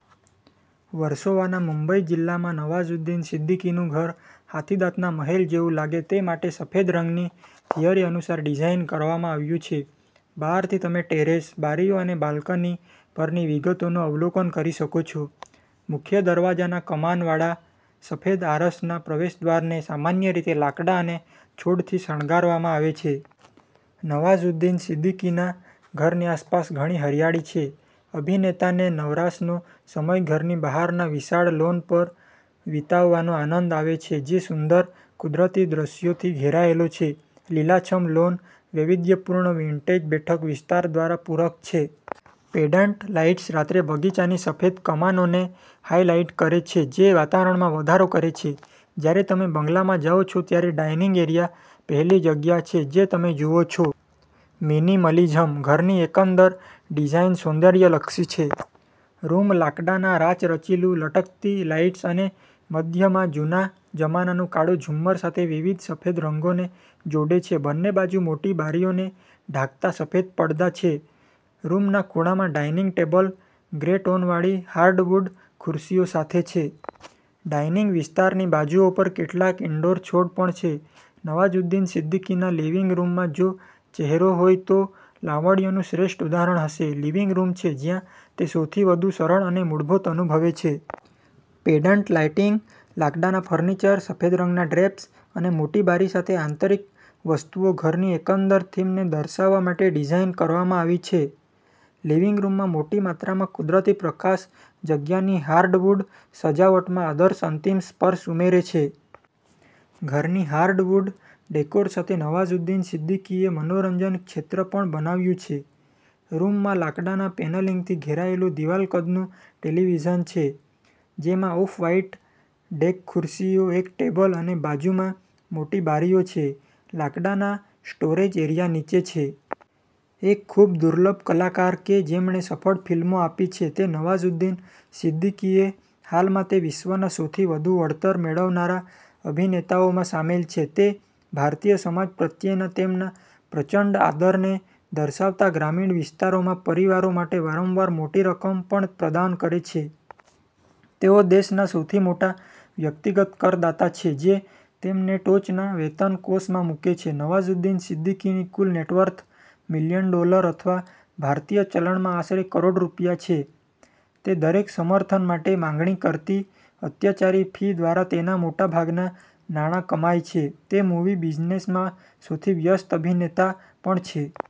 વર્સોવાના મુંબઈ જિલ્લામાં નવાઝુદ્દીન સિદ્દીકીનું ઘર હાથીદાંતના મહેલ જેવું લાગે તે માટે સફેદ રંગની થિયરી અનુસાર ડિઝાઇન કરવામાં આવ્યું છે. બહારથી તમે ટેરેસ, બારીઓ અને બાલ્કની પરની વિગતોનું અવલોકન કરી શકો છો. મુખ્ય દરવાજાના કમાન વાળા સફેદ આરસના પ્રવેશદ્વારને સામાન્ય રીતે લાકડા અને છોડથી શણગારવામાં આવે છે. નવાઝુદ્દીન સિદ્દીકીના ઘરની આસપાસ ઘણી હરિયાળી છે. અભિનેતાને નવરાશનો સમય ઘરની બહારના વિશાળ લૉન પર વિતાવવાનો આનંદ આવે છે જે સુંદર કુદરતી દૃશ્યોથી ઘેરાયેલો છે. લીલાછમ લૉન વૈવિધ્યપૂર્ણ વિન્ટેજ બેઠક વિસ્તાર દ્વારા પૂરક છે. પેન્ડન્ટ લાઇટ્સ રાત્રે બગીચાની સફેદ કમાનોને હાઇલાઇટ કરે છે જે વાતાવરણમાં વધારો કરે છે. જ્યારે તમે બંગલામાં જાવ છો, ત્યારે ડાઇનિંગ એરિયા પહેલી જગ્યા છે જે તમે જુઓ છો. મિનિમલિઝમ ઘરની એકંદર ડિઝાઇન સૌંદર્યલક્ષી છે. રૂમ લાકડાના રાચરચીલું, લટકતી લાઇટ્સ અને મધ્યમાં જૂના જમાનાનું કાળું ઝુમ્મર સાથે વિવિધ સફેદ રંગોને જોડે છે. બંને બાજુ મોટી બારીઓને ઢાંકતા સફેદ પડદા છે. રૂમના ખૂણામાં ડાઇનિંગ ટેબલ ગ્રે-ટોન વાળી હાર્ડવુડ ખુરશીઓ સાથે છે. ડાઇનિંગ વિસ્તારની બાજુઓ પર કેટલાક ઇન્ડોર છોડ પણ છે. નવાઝુદ્દીન સિદ્દીકીના લિવિંગ રૂમમાં જો ચહેરો હોય તો લાવણ્યનું શ્રેષ્ઠ ઉદાહરણ હશે. લિવિંગ રૂમ છે જ્યાં તે સૌથી વધુ સરળ અને મૂળભૂત અનુભવે છે. પેન્ડન્ટ લાઇટિંગ, લાકડાના ફર્નિચર, સફેદ રંગના ડ્રેપ્સ અને મોટી બારી સાથે, આંતરિક વસ્તુઓ ઘરની એકંદર થીમને દર્શાવવા માટે ડિઝાઇન કરવામાં આવી છે. લિવિંગ રૂમમાં મોટી માત્રામાં કુદરતી પ્રકાશ જગ્યાની હાર્ડવુડ સજાવટમાં આદર્શ અંતિમ સ્પર્શ ઉમેરે છે. ઘરની હાર્ડવુડ ડેકોર સાથે નવાઝુદ્દીન સિદ્દીકીએ મનોરંજન ક્ષેત્ર પણ બનાવ્યું છે. રૂમમાં લાકડાના પેનલિંગથી ઘેરાયેલું દિવાલ-કદનું ટેલિવિઝન છે જેમાં ઑફ-વ્હાઇટ ડેક ખુરશીઓ, એક ટેબલ અને બાજુમાં મોટી બારીઓ છે. લાકડાના સ્ટોરેજ એરિયા નીચે છે. એક ખૂબદુર્લભ કલાકાર કે જેમણે સફળ ફિલ્મો આપી છે તે નવાઝુદ્દીન સિદ્દીકી છે. હાલમાં તે વિશ્વના સૌથી વધુ વળતર મેળવનારા અભિનેતાઓમાં સામેલ છે. તે ભારતીય સમાજ પ્રત્યેના તેમના પ્રચંડ આદરને દર્શાવતા ગ્રામીણ વિસ્તારોમાં પરિવારો માટે વારંવાર મોટી રકમ પણ પ્રદાન કરે છે. તેઓ દેશના સૌથી મોટા વ્યક્તિગત કરદાતા છે જે તેમને ટોચના વેતન કૌંસમાં મૂકે છે. નવાઝુદ્દીન સિદ્દીકીની કુલ નેટવર્થ મિલિયન ડોલર અથવા ભારતીય ચલણમાં આશરે કરોડ રૂપિયા છે. તે દરેક સમર્થન માટે માંગણી કરતી અત્યાચારી ફી દ્વારા તેના મોટા ભાગના નાણાં કમાય છે. તે મૂવી બિઝનેસમાં સૌથી વ્યસ્ત અભિનેતા પણ છે.